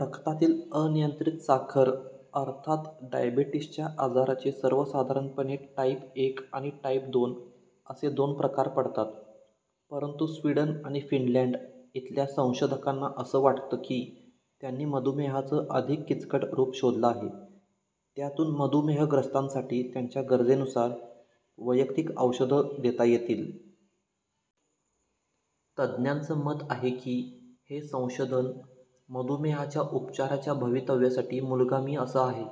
रक्तातील अनियंत्रित साखर अर्थात डायबेटिसच्या आजाराचे सर्वसाधारणपणे टाईप-एक आणि टाईप-दोन असे दोन प्रकार पडतात. परंतु स्वीडन आणि फिनलॅंड इथल्या संशोधकांना असं वाटतं की, त्यांनी मधुमेहाचं अधिक किचकट रूप शोधलं आहे. त्यातून मधुमेहग्रस्तांसाठी त्यांच्या गरजेनुसार वैयक्तिक औषधं देता येतील. तज्ज्ञांचं मत आहे की, हे संशोधन मधुमेहाच्या उपचाराच्या भवितव्यासाठी मूलगामी असं आहे.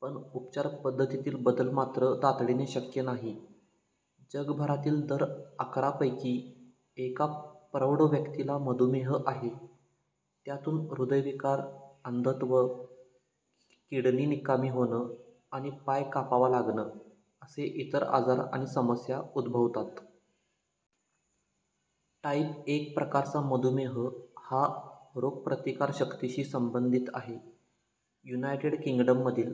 पण उपचार पद्धतीतील बदल मात्र तातडीने शक्य नाही. जगभरातील दर अकरा पैकी एका प्रौढ व्यक्तीला मधुमेह आहे. त्यातून हृदयविकार, अंधत्व, किडनी निकामी होणं आणि पाय कापावा लागणं असे इतर आजार आणि समस्या उद्भवतात. टाईप एक प्रकारचा मधुमेह हा रोगप्रतिकार शक्तीशी संबंधित आहे. युनायटेड किंगडममधील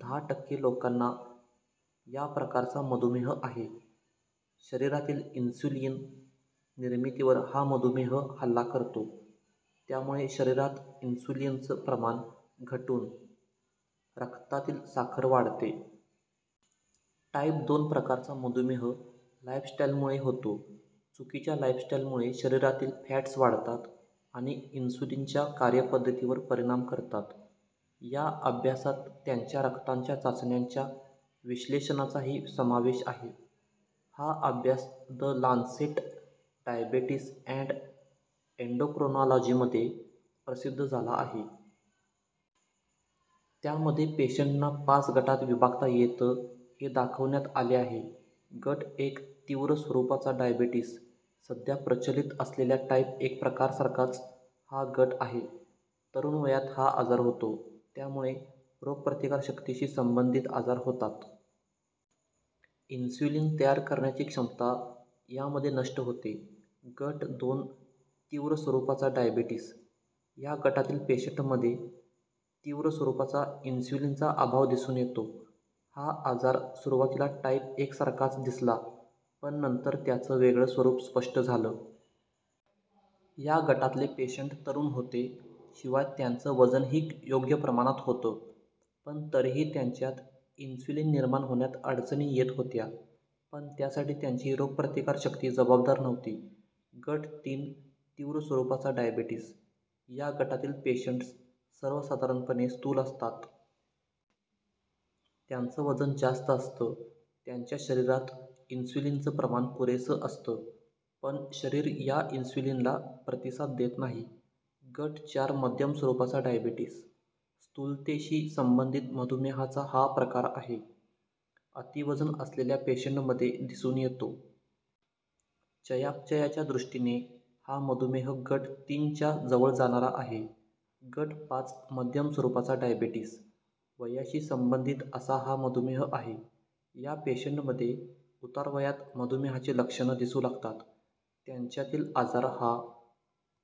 दहा टक्के लोकांना या प्रकारचा मधुमेह आहे. शरीरातील इन्स्युलिन निर्मितीवर हा मधुमेह हल्ला करतो. त्यामुळे शरीरात इन्स्युलिनचं प्रमाण घटून रक्तातील साखर वाढते. टाईप दोन प्रकारचा मधुमेह लाईफस्टाईलमुळे होतो. चुकीच्या लाईफस्टाईलमुळे शरीरातील फॅट्स वाढतात आणि इन्सुलिनच्या कार्यपद्धतीवर परिणाम करतात. या अभ्यासात त्यांच्या रक्तांच्या चाचण्यांच्या विश्लेषणाचाही समावेश आहे. हा अभ्यास द लान्सेट डायबेटिस अॅंड एंडोक्रोनालॉजीमध्ये प्रसिद्ध झाला आहे. त्यामध्ये पेशंटना पाच गटात विभागता येतं हे दाखवण्यात आले आहे. गट एक तीव्र स्वरूपाचा डायबेटिस. सध्या प्रचलित असलेल्या टाईप एक प्रकारसारखाच हा गट आहे. तरुण वयात हा आजार होतो, त्यामुळे रोगप्रतिकार शक्तीशी संबंधित आजार होतात. इन्स्युलिन तयार करण्याची क्षमता यामध्ये नष्ट होते. गट दोन तीव्र स्वरूपाचा डायबेटिस. या गटातील पेशंटमध्ये तीव्र स्वरूपाचा इन्स्युलिनचा अभाव दिसून येतो. हा आजार सुरुवातीला टाईप एक सारखाच दिसला. पण नंतर त्याचं वेगळं स्वरूप स्पष्ट झालं. या गटातले पेशंट तरुण होते. शिवाय त्यांचं वजनही योग्य प्रमाणात होतं, पण तरीही त्यांच्यात इन्स्युलिन निर्माण होण्यात अडचणी येत होत्या. पण त्यासाठी त्यांची रोगप्रतिकार शक्ती जबाबदार नव्हती. गट तीन तीव्र स्वरूपाचा डायबेटिस. या गटातील पेशंट्स सर्वसाधारणपणे स्थूल असतात. त्यांचं वजन जास्त असतं. त्यांच्या शरीरात इन्स्युलिनचं प्रमाण पुरेसं असतं. पण शरीर या इन्स्युलिनला प्रतिसाद देत नाही. गट चार मध्यम स्वरूपाचा डायबेटिस. स्थूलतेशी संबंधित मधुमेहाचा हा प्रकार आहे. अतिवजन असलेल्या पेशंटमध्ये दिसून येतो. चयापचयाच्या दृष्टीने हा मधुमेह गट तीन च्या जवळ जाणारा आहे. गट पाच मध्यम स्वरूपाचा डायबेटिस. वयाशी संबंधित असा हा मधुमेह आहे. या पेशंटमध्ये उतार वयात मधुमेहाची लक्षणं दिसू लागतात. त्यांच्यातील आजार हा